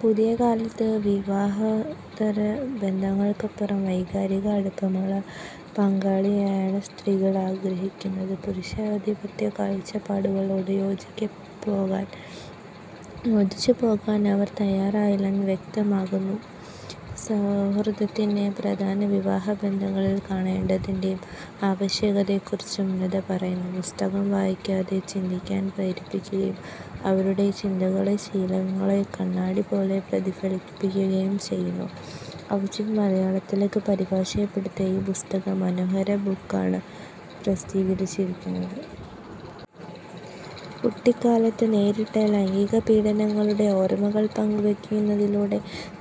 പുതിയകാലത്ത് വിവാഹേതര ബന്ധങ്ങൾക്കപ്പുറം വൈകാരിക അടുപ്പമുള്ള പങ്കാളിയെയാണ് സ്ത്രീകൾ ആഗ്രഹിക്കുന്നതെന്നും, പുരുഷാധിപത്യ കാഴ്ചപ്പാടുകളോട് യോജിച്ചുപോകാൻ അവർ തയാറല്ലെന്നും വ്യക്തമാക്കുന്നു. സൗഹൃദത്തിന്റെ പ്രാധാന്യം വിവാഹബന്ധങ്ങളിൽ കാണേണ്ടതിന്റെ ആവശ്യകതയെക്കുറിച്ചും ലത പറയുന്നു. പുസ്തകം വായനക്കാരെ ചിന്തിക്കാൻ പ്രേരിപ്പിക്കുകയും അവരുടെ ചിന്തകളെയും ശീലങ്ങളെയും കണ്ണാടിപോലെ പ്രതിഫലിപ്പിക്കുകയും ചെയ്യുന്നു. അഭിജിത് മലയാളത്തിലേക്ക് പരിഭാഷപ്പെടുത്തിയ ഈ പുസ്തകം മനോരമ ബുക്സ് ആണ് പ്രസിദ്ധീകരിച്ചിരിക്കുന്നത്. കുട്ടിക്കാലത്ത് നേരിട്ട ലൈംഗികപീഡനങ്ങളുടെ ഓർമ്മകൾ പങ്കുവെക്കുന്നതിലൂടെ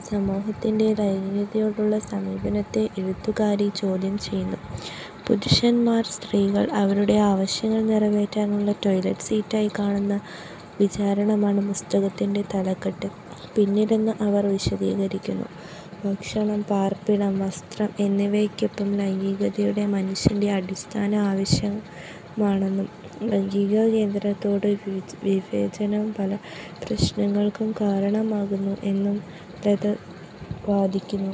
സമൂഹത്തിന്റെ ലൈംഗികതയോടുള്ള സമീപനത്തെ എഴുത്തുകാരി ചോദ്യം ചെയ്യുന്നു. പുരുഷന്മാർ സ്ത്രീകളെ അവരുടെ ആവശ്യങ്ങൾ നിറവേറ്റാനുള്ള ടോയ്ലറ്റ് സീറ്റായി കാണുന്ന വിചാരമാണ് പുസ്തകത്തിന്റെ തലക്കെട്ടിന് പിന്നിലെന്ന് അവർ വിശദീകരിക്കുന്നു. ഭക്ഷണം, പാർപ്പിടം, വസ്ത്രം എന്നിവക്കൊപ്പം ലൈംഗികതയും മനുഷ്യന്റെ അടിസ്ഥാന ആവശ്യമാണെന്നും, ലൈംഗികാനന്ദത്തോടുള്ള വിവേചനം പല പ്രശ്നങ്ങൾക്കും കാരണമാകുന്നു എന്നും ലത വാദിക്കുന്നു.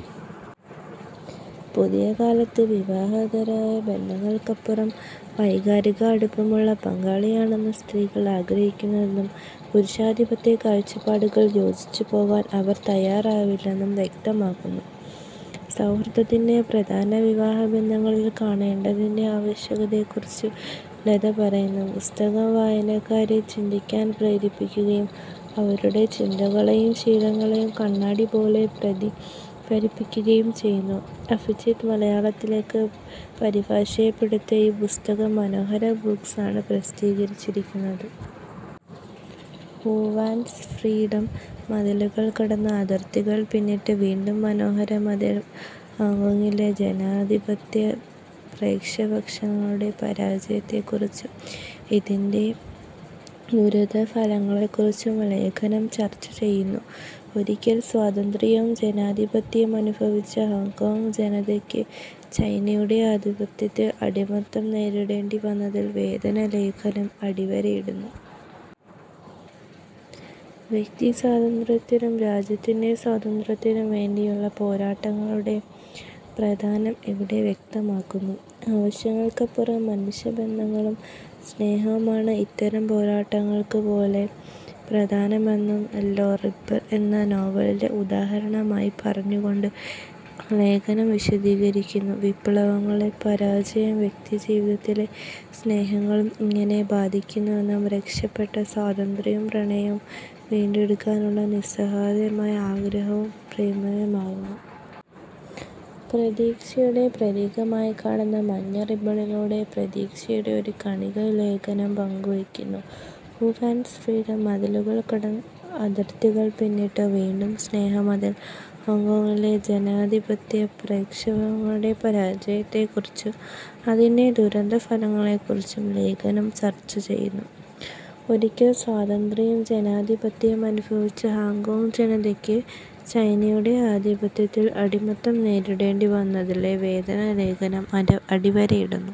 പുതിയകാലത്ത് വിവാഹേതര ബന്ധങ്ങൾക്കപ്പുറം വൈകാരിക അടുപ്പമുള്ള പങ്കാളിയെയാണ് സ്ത്രീകൾ ആഗ്രഹിക്കുന്നതെന്നും, പുരുഷാധിപത്യ കാഴ്ചപ്പാടുകളോട് യോജിച്ചുപോകാൻ അവർ തയാറല്ലെന്നും വ്യക്തമാക്കുന്നു. സൗഹൃദത്തിന്റെ പ്രാധാന്യം വിവാഹബന്ധങ്ങളിൽ കാണേണ്ടതിന്റെ ആവശ്യകതയെക്കുറിച്ചും ലത പറയുന്നു. പുസ്തകം വായനക്കാരെ ചിന്തിക്കാൻ പ്രേരിപ്പിക്കുകയും അവരുടെ ചിന്തകളെയും ശീലങ്ങളെയും കണ്ണാടിപോലെ പ്രതിഫലിപ്പിക്കുകയും ചെയ്യുന്നു. അഭിജിത് മലയാളത്തിലേക്ക് പരിഭാഷപ്പെടുത്തിയ ഈ പുസ്തകം മനോരമ ബുക്സ് ആണ് പ്രസിദ്ധീകരിച്ചിരിക്കുന്നത്. ഹു വാണ്ട്സ് ഫ്രീഡം; മതിലുകൾ കടന്ന്, അതിർത്തികൾ പിന്നിട്ട് വീണ്ടും സ്നേഹമതിൽ ഹോങ്കോങ്ങിലെ ജനാധിപത്യ പ്രക്ഷോഭങ്ങളുടെ പരാജയത്തെക്കുറിച്ചും അതിന്റെ ദുരന്ത ഫലങ്ങളെക്കുറിച്ചും ലേഖനം ചർച്ച ചെയ്യുന്നു. ഒരിക്കൽ സ്വാതന്ത്ര്യവും ജനാധിപത്യവും അനുഭവിച്ച ഹോങ്കോംഗ് ജനതയ്ക്ക് ചൈനയുടെ ആധിപത്യത്തിൽ അടിമത്തം നേരിടേണ്ടി വന്നതിലെ വേദന ലേഖനം അടിവരയിടുന്നു. വ്യക്തിസ്വാതന്ത്ര്യത്തിനും രാജ്യത്തിന്റെ സ്വാതന്ത്ര്യത്തിനും വേണ്ടിയുള്ള പോരാട്ടങ്ങളുടെ പ്രാധാന്യം ഇവിടെ വ്യക്തമാക്കുന്നു. ആശയങ്ങൾക്കപ്പുറം മനുഷ്യബന്ധങ്ങളും സ്നേഹവുമാണ് ഇത്തരം പോരാട്ടങ്ങളിൽ പോലും പ്രധാനമെന്ന് യെല്ലോ റിബ്ബൺ എന്ന നോവലിനെ ഉദാഹരണമായി പറഞ്ഞുകൊണ്ട് ലേഖനം വിശദീകരിക്കുന്നു. വിപ്ലവങ്ങളുടെ പരാജയം വ്യക്തിജീവിതത്തിലെ സ്നേഹബന്ധങ്ങളെ എങ്ങനെ ബാധിക്കുന്നു എന്നും, നഷ്ടപ്പെട്ട സ്വാതന്ത്ര്യവും പ്രണയവും വീണ്ടെടുക്കാനുള്ള നിസ്സഹായമായ ആഗ്രഹവും പ്രമേയമാവുന്നു. പ്രതീക്ഷയുടെ പ്രതീകമായി കാണുന്ന മഞ്ഞ റിബ്ബണിലൂടെ പ്രതീക്ഷയുടെ ഒരു കണിക ലേഖനം പങ്കുവെക്കുന്നു. ഹു വാണ്ട്സ് ഫ്രീഡം; മതിലുകൾ കടന്ന്, അതിർത്തികൾ പിന്നിട്ട് വീണ്ടും സ്നേഹമതിൽ ഹോങ്കോങ്ങിലെ ജനാധിപത്യ പ്രക്ഷോഭങ്ങളുടെ പരാജയത്തെക്കുറിച്ചും അതിന്റെ ദുരന്ത ഫലങ്ങളെക്കുറിച്ചും ലേഖനം ചർച്ച ചെയ്യുന്നു. ഒരിക്കൽ സ്വാതന്ത്ര്യവും ജനാധിപത്യവും അനുഭവിച്ച ഹോങ്കോംഗ് ജനതയ്ക്ക് ചൈനയുടെ ആധിപത്യത്തിൽ അടിമത്തം നേരിടേണ്ടി വന്നതിലെ വേദന ലേഖനം അടിവരയിടുന്നു.